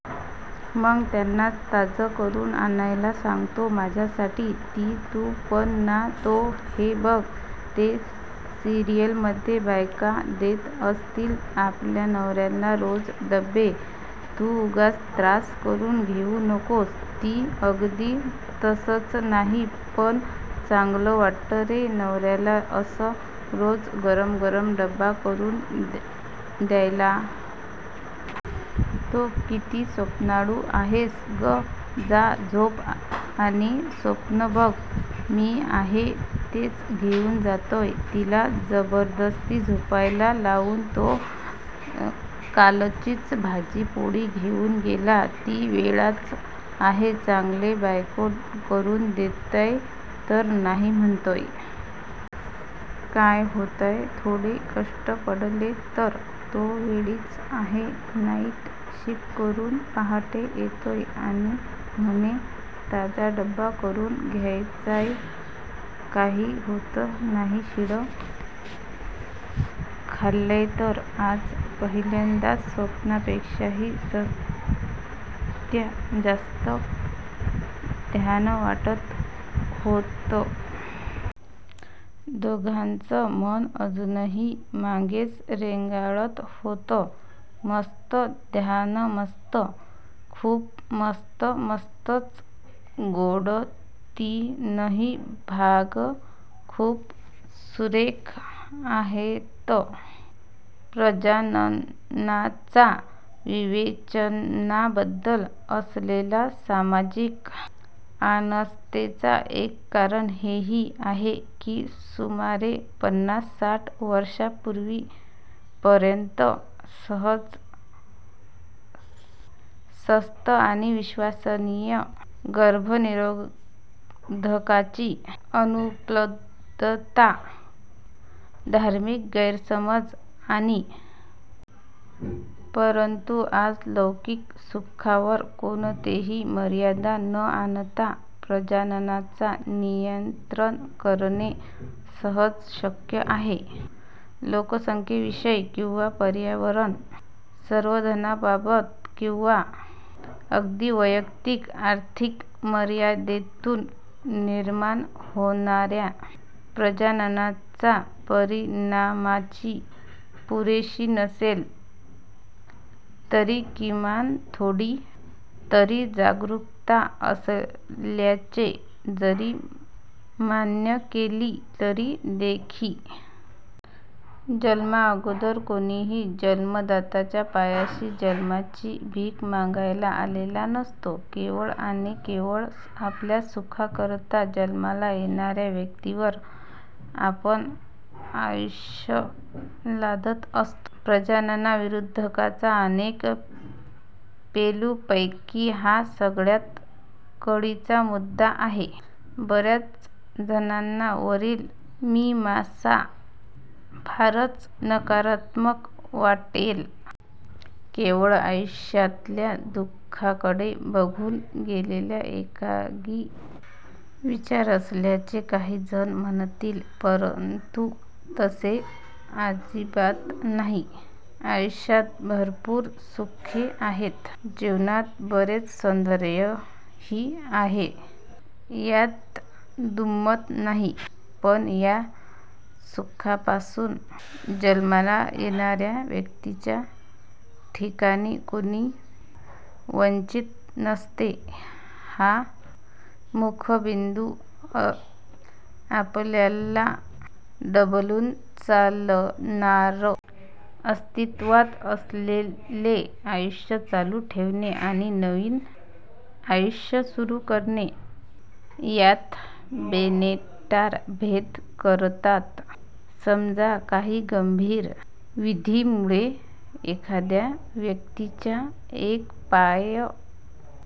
मग त्यांनाच ताजं करून आणायला सांगतो माझ्यासाठी. ती: तू पण ना. तो: हे बघ ते सिरीयल मध्ये बायका देत असतील आपल्या नवऱ्यांना रोज डबे. तू उगाच त्रास करून घेऊ नकोस. ती: अगदी तसंच नाही, पण चांगलं वाटतं रे नवऱ्याला असं रोज गरम गरम डबा करून द्यायला. तो: किती स्वप्नाळू आहेस गं. जा झोप आणि स्वप्नं बघ. मी आहे तेच घेऊन जातोय. तिला जबरदस्ती झोपायला लावून तो कालचीच भाजी पोळी घेऊन गेला. ती: वेडाच आहे. चांगले बायको करून देतेय तर नाही म्हणतोय. काय होतंय थोडे कष्ट पडले तर? तो: वेडीच आहे. नाईट शिफ्ट करून पहाटे येते आणि म्हणे ताजा डबा करून द्यायचाय. काही होत नाही शिळं खाल्लं तर. आज पहिल्यांदाच स्वप्नापेक्षा सत्य जास्त छान वाटत होतं. दोघांचं मन अजूनही मागेच रेंगाळत होतं. मस्तछानमस्त! खुप मस्तमस्तच. गोडतिनही भाग खुप सुरेख आहेत. प्रजननाच्या विवेचनाबद्दल असलेल्या सामाजिक अनास्थेचे एक कारण हेही आहे, की सुमारे पन्नास-साठ वर्षांपूर्वी पर्येंत सहज, स्वस्त आणि विश्वसनीय गर्भनिरोधकांची अनुपलब्धता, धार्मिक गैरसमज आणि शिक्षणाच्या अभावामुळे, प्रजनन आणि संभोग ह्यांमध्ये फारकत करणे अवघड होते. परंतु आज लैंगिक सुखांवर कोणतीही मर्यादा न आणता प्रजननाचं नियंत्रण करणे सहज शक्य आहे. लोकसंख्येविषयी किंवा पर्यावरण संवर्धनाबाबत किंवा अगदी वैयक्तिक आर्थिक मर्यादेतून निर्माण होणाऱ्या प्रजननाच्या परिणामांची पुरेशी नसली तरी किमान थोडी तरी जागरूकता असल्याचे जरी मान्य केले, तरी देखील प्रजननाच्या तात्विक बाबींकडे किंवा त्यातून निर्माण होणाऱ्या नैतिक अडचणींकडे संपूर्ण दुर्लक्ष झालेले दिसून येते. जन्मा अगोदर कोणीही जन्मदात्यांच्या पायाशी जन्माची भीक मागायला आलेला नसतो. केवळ आणि केवळ आपल्या सुखांकरता जन्माला येणाऱ्या व्यक्तीवर आपण आयुष्य लादत असतो. प्रजननविरोधाच्या अनेक पैलूंपैकी हा सगळ्यात कळीचा मुद्दा आहे. बऱ्याच जणांना वरील मीमांसा फारच नकारात्मक वाटेल. केवळ आयुष्यातल्या दुःखाकडे बघून केलेला एकांगी विचार असल्याचे काही जण म्हणतील. परंतु तसे आजिबात नाही. आयुष्यात भरपूर सुखे आहेत, जीवनात बरेच सौंदर्यही आहे ह्यात दुमत नाही. पण ह्या सुखांपासून जन्माला येणाऱ्या व्यक्तीच्या ठिकाणी कोणी वंचित नसते हा मुखबिंदू आपल्याला डावलून चालणार नाही. "अस्तित्वात असलेले आयुष्य चालू ठेवणे" आणि "नवीन आयुष्य सुरु करणे" ह्यात बेनेटार भेद करतात. समजा काही गंभीर व्याधीमुळे एखाद्या व्यक्तीचा एक पाय